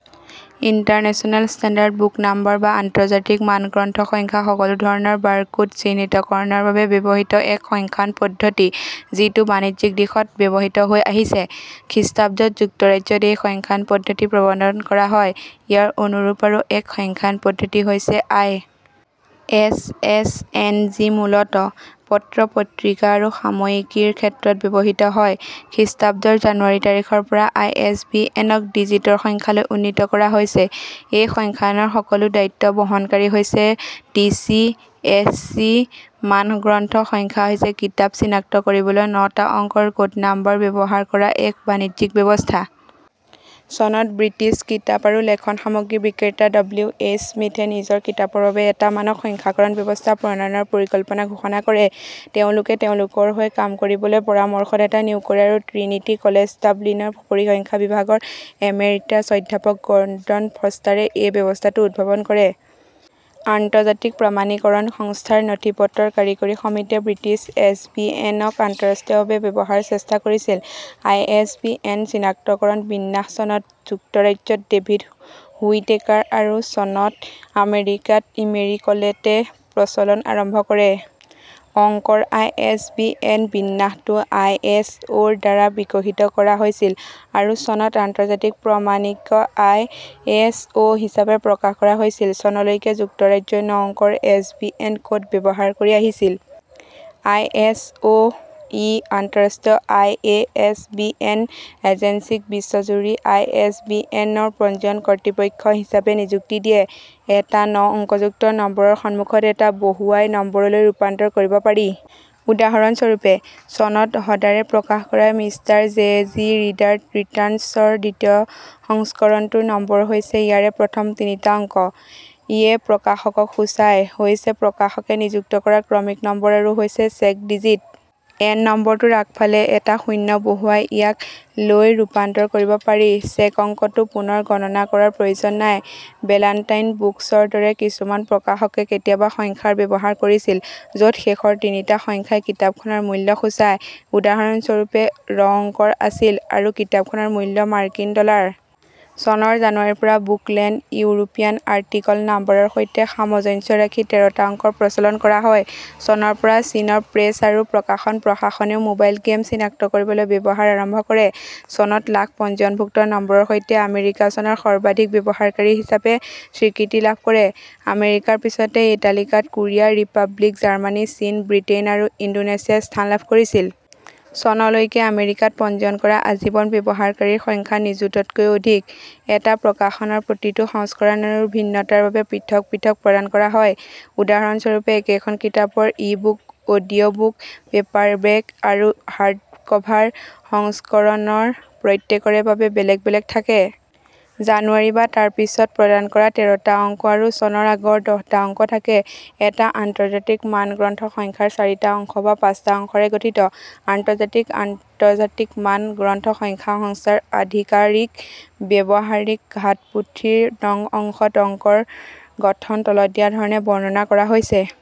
International standard book number বা আন্তৰ্জাতিক মান গ্ৰন্থ সংখ্যা সকলো ধৰনৰ বাৰকোড চিহ্নিতকৰণৰ বাবে ব্যৱহৃত এক সংখ্যায়ন পদ্ধতি যিটো বাণিজ্যিক দিশত ব্যৱহৃত হৈ আহিছে। খ্ৰীষ্টাব্দত যুক্তৰাজ্যত এই সংখ্যায়ন পদ্ধতি প্ৰৱৰ্তন কৰা হয়। ইয়াৰ অনুৰূপ আৰু এক সংখ্যায়ন পদ্ধতি হৈছে আই. এচ. এচ. এন. যি মূলতঃ পত্ৰ-পত্ৰিকা আৰু সাময়িকীৰ ক্ষেত্ৰত ব্যৱহৃত হয়। খ্ৰীষ্টাব্দৰ জানুৱাৰী তাৰিখৰ পৰা আই. এচ. বি. এনক -ডিজিটৰ সংখ্যালৈ উন্নীত কৰা হৈছে। এই সংখ্যায়নৰ সকলো দায়িত্ব বহনকাৰী হৈছে টিচি /এচচি। মান গ্ৰন্থ সংখ্যা হৈছে কিতাপ চিনাক্ত কৰিবলৈ নটা অংকৰ ক'ড নম্বৰ ব্যৱহাৰ কৰা এক বাণিজ্যিক ব্যৱস্থা। চনত ব্ৰিটিছ কিতাপ আৰু লেখন সামগ্ৰী বিক্ৰেতা ডব্লিউ. এইচ. স্মিথে নিজৰ কিতাপৰ বাবে এটা মানক সংখ্যাকৰণ ব্যৱস্থা প্ৰণয়নৰ পৰিকল্পনা ঘোষণা কৰে। তেওঁলোকে তেওঁলোকৰ হৈ কাম কৰিবলৈ পৰামৰ্শদাতা নিয়োগ কৰে আৰু ট্ৰিনিটি কলেজ ডাবলিনৰ পৰিসংখ্যা বিভাগৰ এমেৰিটাছ অধ্যাপক গৰ্ডন ফষ্টাৰে এই ব্যৱস্থাটো উদ্ভাৱন কৰে। আন্তৰ্জাতিক প্ৰামাণিককৰণ সংস্থা ৰ নথিপত্ৰৰ কাৰিকৰী সমিতিয়ে ব্ৰিটিছ এছ. বি. এন. ক আন্তঃৰাষ্ট্ৰীয়ভাবে ব্যৱহাৰৰ চেষ্টা কৰিছিল। আই. এছ. বি. এন. চিনাক্তকৰণ বিন্যাস চনত যুক্তৰাজ্যত ডেভিদ হুইটেকাৰ আৰু চনত আমেৰিকাত ইমেৰী কলটে প্ৰচলন আৰম্ভ কৰে। অংকৰ আই. এছ. বি. এন. বিন্যাসটো আই. এছ. অ'. ৰ দ্বাৰা বিকশিত কৰা হৈছিল আৰু চনত আন্তৰ্জাতিক প্ৰামাণিক আই. এছ. অ'. হিচাপে প্ৰকাশ কৰা হৈছিল। চনলৈকে যুক্তৰাজ্যই ন অংকৰ এছ. বি. এন. ক'ড ব্যৱহাৰ কৰি আহিছিল। আই. এছ. অ'. ই আন্তঃৰাষ্ট্ৰীয় আই. এছ. বি. এন. এজেন্সীক বিশ্বজুৰি আই. এছ. বি. এন. ৰ পঞ্জীয়ন কৰ্তৃপক্ষ হিচাপে নিযুক্তি দিছে৷ এটা ন অংকযুক্ত নম্বৰৰ সন্মুখত এটা "" বহুৱাই নম্বৰলৈ ৰূপান্তৰ কৰিব পাৰি। উদাহৰণস্বৰূপে, চনত হডাৰে প্ৰকাশ কৰা "মিষ্টাৰ জে. জি. ৰিডাৰ ৰিটাৰ্ণছ"ৰ দ্বিতীয় সংস্কৰণটোৰ নম্বৰ হৈছে "", ইয়াৰে প্ৰথম তিনিটা অংক "" য়ে প্ৰকাশকক সূচায়, "" হৈছে প্ৰকাশকে নিযুক্ত কৰা ক্ৰমিক নম্বৰ আৰু "" হৈছে চেক ডিজিট। এন নম্বৰটোৰ আগফালে এটা শূন্য বহুৱাই ইয়াক --- লৈ ৰূপান্তৰ কৰিব পাৰি; চেক অংকটো পুনৰ গণনা কৰাৰ প্ৰয়োজন নাই। "বেলান্টাইন বুকছ"ৰ দৰে কিছুমান প্ৰকাশকে কেতিয়াবা সংখ্যাৰ ব্যৱহাৰ কৰিছিল য'ত শেষৰ তিনিটা সংখ্যাই কিতাপখনৰ মূল্য সূচায়; উদাহৰণস্বৰূপে, " "ৰ অংকৰ আছিল --- আৰু কিতাপখনৰ মূল্য মাৰ্কিন ডলাৰ। চনৰ জানুৱাৰীৰ পৰা "বুকলেণ্ড" ইউৰোপীয়ান আৰ্টিকল নাম্বাৰৰ সৈতে সামঞ্জস্য ৰাখি তেৰটা অংকৰ প্ৰচলন কৰা হয়। চনৰ পৰা চীনৰ প্ৰেছ আৰু প্ৰকাশন প্ৰশাসনেও মোবাইল গেম চিনাক্ত কৰিবলৈ ব্যৱহাৰ আৰম্ভ কৰে। চনত লাখ পঞ্জীয়নভুক্ত নম্বৰৰ সৈতে আমেৰিকা চনৰ সৰ্বাধিক ব্যৱহাৰকাৰী হিচাপে স্বীকৃতি লাভ কৰে৷ আমেৰিকাৰ পিছতে এই তালিকাত কোৰিয়া ৰিপাব্লিক, জাৰ্মানী, চীন, ব্ৰিটেইন আৰু ইণ্ডোনেছিয়াই স্থান লাভ কৰিছিল। চনলৈকে আমেৰিকাত পঞ্জীয়ন কৰা আজীৱন ব্যৱহাৰকাৰীৰ সংখ্যা নিযুততকৈও অধিক। এটা প্ৰকাশনৰ প্ৰতিটো সংস্কৰণ আৰু ভিন্নতাৰ বাবে পৃথক পৃথক প্ৰদান কৰা হয়। উদাহৰণস্বৰূপে, একেখন কিতাপৰ ই-বুক, অডিঅ'বুক, পেপাৰবেক আৰু হাৰ্ডকভাৰ সংস্কৰণৰ প্ৰত্যেকৰে বাবে বেলেগ বেলেগ থাকে। জানুৱাৰী বা তাৰ পিছত প্ৰদান কৰা তেৰটা অংক আৰু চনৰ আগৰ দহটা অংক থাকে। এটা আন্তৰ্জাতিক মান গ্ৰন্থ সংখ্যাৰ চাৰিটা অংশ বা পাঁচটা অংশৰে গঠিত। আন্তৰ্জাতিক আন্তৰ্জাতিক মান গ্ৰন্থ সংখ্যা সংস্থাৰ আধিকাৰীক ব্যৱহাৰকাৰী হাতপুথিৰ নং অংশত অংকৰ গঠন তলত দিয়া ধৰণে বৰ্ণনা কৰা হৈছে:।